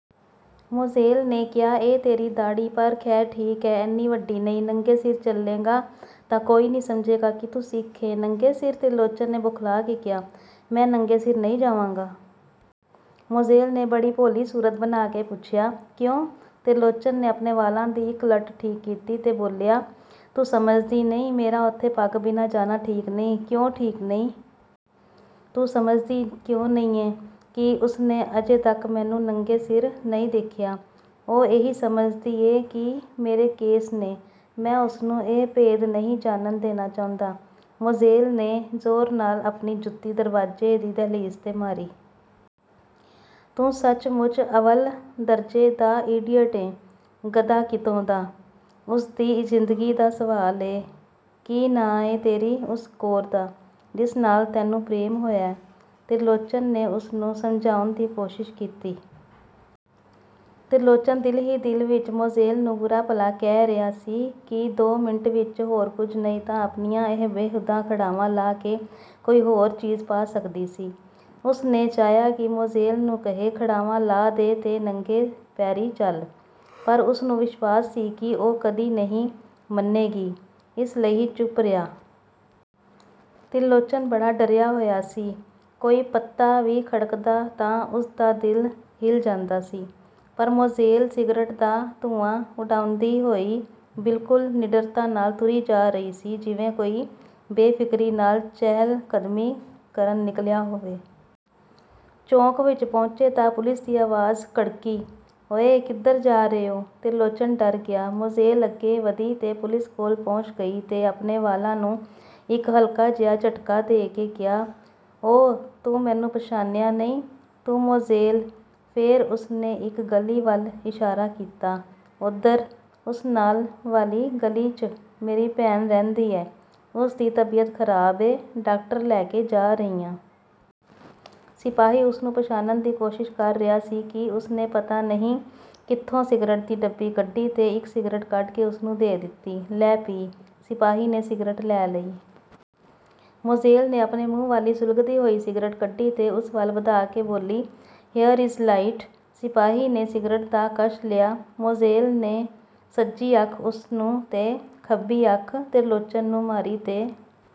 ਮੋਜ਼ੇਲ ਨੇ ਕਿਹਾ, ਇਹ ਤੇਰੀ ਦਾੜ੍ਹੀ। ਪਰ, ਖੈਰ ਠੀਕ ਐ। ਐਨੀ ਵੱਡੀ ਨਹੀਂ, ਨੰਗੇ ਸਿਰ ਚੱਲੇਂਗਾ ਤਾਂ ਕੋਈ ਨਹੀਂ ਸਮਝੇਗਾ ਕਿ ਤੂੰ ਸਿੱਖ ਏਂ। " "ਨੰਗੇ ਸਿਰ? " ਤਿਰਲੋਚਨ ਨੇ ਬੌਖਲਾ ਕੇ ਕਿਹਾ, "ਮੈਂ ਨੰਗੇ ਸਿਰ ਨਹੀਂ ਜਾਵਾਂਗਾ। " ਮੋਜ਼ੇਲ ਨੇ ਬੜੀ ਭੋਲੀ ਸੂਰਤ ਬਣਾ ਕੇ ਪੁੱਛਿਆ, "ਕਿਓਂ? " ਤਿਰਲੋਚਨ ਨੇ ਆਪਣੇ ਵਾਲਾਂ ਦੀ ਇਕ ਲਟ ਠੀਕ ਕੀਤੀ ਤੇ ਬੋਲਿਆ, "ਤੂੰ ਸਮਝਦੀ ਨਹੀਂ, ਮੇਰਾ ਉੱਥੇ ਪੱਗ ਬਿਨਾਂ ਜਾਣਾ ਠੀਕ ਨਹੀਂ। " "ਕਿਓਂ ਠੀਕ ਨਹੀਂ? " "ਤੂੰ ਸਮਝਦੀ ਕਿਓਂ ਨਹੀਂ ਏਂ ਕਿ ਉਸਨੇ ਅਜੇ ਤਕ ਮੈਨੂੰ ਨੰਗੇ ਸਿਰ ਨਹੀਂ ਦੇਖਿਆ। ਉਹ ਇਹੀ ਸਮਝਦੀ ਏ ਕਿ ਮੇਰੇ ਕੇਸ ਨੇ। ਮੈਂ ਉਸਨੂੰ ਇਹ ਭੇਦ ਨਹੀਂ ਜਾਣਨ ਦੇਣਾ ਚਾਹੁੰਦਾ। " ਮੋਜ਼ੇਲ ਨੇ ਜ਼ੋਰ ਨਾਲ ਆਪਣੀ ਜੁਤੀ ਦਰਵਾਜ਼ੇ ਦੀ ਦਹਿਲੀਜ਼ 'ਤੇ ਮਾਰੀ। "ਤੂੰ ਸੱਚਮੁੱਚ ਅਵੱਲ ਦਰਜੇ ਦਾ ਈਡੀਅਟ ਏਂ, ਗਧਾ ਕਿਤੋਂ ਦਾ! ਉਸਦੀ ਜ਼ਿੰਦਗੀ ਦਾ ਸਵਾਲ ਏ, ਕੀ ਨਾਂ ਏਂ ਤੇਰੀ ਉਸ ਕੌਰ ਦਾ, ਜਿਸ ਨਾਲ ਤੈਨੂੰ ਪ੍ਰੇਮ ਹੋਇਐ? " ਤਿਰਲੋਚਨ ਨੇ ਉਸਨੂੰ ਸਮਝਾਉਣ ਦੀ ਕੋਸ਼ਿਸ਼ ਕੀਤੀ। ਤਿਰਲੋਚਨ ਦਿਲ ਹੀ ਦਿਲ ਵਿਚ ਮੋਜ਼ੇਲ ਨੂੰ ਬੁਰਾ-ਭਲਾ ਕਹਿ ਰਿਹਾ ਸੀ ਕਿ ਦੋ ਮਿੰਟ ਵਿਚ ਹੋਰ ਕੁਝ ਨਹੀਂ ਤਾਂ ਆਪਣੀਆਂ ਇਹ ਬੇਹੂਦਾ ਖੜਾਵਾਂ ਲਾਹ ਕੇ ਕੋਈ ਹੋਰ ਚੀਜ਼ ਪਾ ਸਕਦੀ ਸੀ। ਉਸਨੇ ਚਾਹਿਆ ਕਿ ਮੋਜ਼ੇਲ ਨੂੰ ਕਹੇ, ਖੜਾਵਾਂ ਲਾਹ ਦੇ ਤੇ ਨੰਗੇ ਪੈਰੀਂ ਚੱਲ, ਪਰ ਉਸਨੂੰ ਵਿਸ਼ਵਾਸ ਸੀ ਕਿ ਉਹ ਕਦੀ ਨਹੀਂ ਮੰਨੇਗੀ, ਇਸ ਲਈ ਚੁੱਪ ਰਿਹਾ। ਤਿਰਲੋਚਨ ਬੜਾ ਡਰਿਆ ਹੋਇਆ ਸੀ, ਕੋਈ ਪੱਤਾ ਵੀ ਖੜਕਦਾ ਤਾਂ ਉਸਦਾ ਦਿਲ ਹਿੱਲ ਜਾਂਦਾ ਸੀ, ਪਰ ਮੋਜ਼ੇਲ ਸਿਗਰਟ ਦਾ ਧੂੰਆਂ ਉਡਾਉਂਦੀ ਹੋਈ ਬਿਲਕੁਲ ਨਿਡਰਤਾ ਨਾਲ ਤੁਰੀ ਜਾ ਰਹੀ ਸੀ, ਜਿਵੇਂ ਕੋਈ ਬੇਫ਼ਿਕਰੀ ਨਾਲ ਚਹਿਲ-ਕਦਮੀ ਕਰਨ ਨਿਕਲਿਆ ਹੋਵੇ। ਚੌਕ ਵਿਚ ਪਹੁੰਚੇ ਤਾਂ ਪੁਲਿਸ ਦੀ ਆਵਾਜ਼ ਕੜਕੀ, "ਓਇ, ਕਿੱਧਰ ਜਾ ਰਹੇ ਓਂ? " ਤਿਰਲੋਚਨ ਡਰ ਗਿਆ। ਮੋਜ਼ੇਲ ਅੱਗੇ ਵਧੀ ਤੇ ਪੁਲਿਸ ਕੋਲ ਪਹੁੰਚ ਗਈ ਤੇ ਆਪਣੇ ਵਾਲਾਂ ਨੂੰ ਇਕ ਹਲਕਾ-ਜਿਹਾ ਝਟਕਾ ਦੇ ਕੇ ਕਿਹਾ, "ਓ-ਤੂੰ ਮੈਨੂੰ ਪਛਾਣਿਆਂ ਨਹੀਂ ਤੂੰ ਮੋਜ਼ੇਲ " ਫੇਰ ਉਸਨੇ ਇਕ ਗਲੀ ਵੱਲ ਇਸ਼ਾਰਾ ਕੀਤਾ, "ਓਧਰ, ਉਸ ਨਾਲ ਵਾਲੀ ਗਲੀ 'ਚ ਮੇਰੀ ਭੈਣ ਰਹਿੰਦੀ ਐ, ਉਸਦੀ ਤਬੀਅਤ ਖਰਾਬ ਏ, ਡਾਕਟਰ ਲੈ ਕੇ ਜਾ ਰਹੀ ਆਂ। " ਸਿਪਾਹੀ ਉਸਨੂੰ ਪਛਾਣਨ ਦੀ ਕੋਸ਼ਿਸ਼ ਕਰ ਰਿਹਾ ਸੀ ਕਿ ਉਸਨੇ ਪਤਾ ਨਹੀਂ ਕਿੱਥੋਂ ਸਿਗਰਟ ਦੀ ਡੱਬੀ ਕੱਢੀ ਤੇ ਇਕ ਸਿਗਰਟ ਕੱਢ ਕੇ ਉਸਨੂੰ ਦੇ ਦਿੱਤੀ। "ਲੈ, ਪੀ! " ਸਿਪਾਹੀ ਨੇ ਸਿਗਰਟ ਲੈ ਲਈ। ਮੋਜ਼ੇਲ ਨੇ ਆਪਣੇ ਮੂੰਹ ਵਾਲੀ ਸੁਲਗਦੀ ਹੋਈ ਸਿਗਰਟ ਕੱਢੀ ਤੇ ਉਸ ਵੱਲ ਵਧਾ ਕੇ ਬੋਲੀ, "ਹੀਯਰ ਇਜ਼ ਲਾਈਟ। " ਸਿਪਾਹੀ ਨੇ ਸਿਗਰਟ ਦਾ ਕਸ਼ ਲਿਆ, ਮੋਜ਼ੇਲ ਨੇ ਸੱਜੀ ਅੱਖ ਉਸਨੂੰ ਤੇ ਖੱਬੀ ਅੱਖ ਤਿਰਲੋਚਨ ਨੂੰ ਮਾਰੀ ਤੇ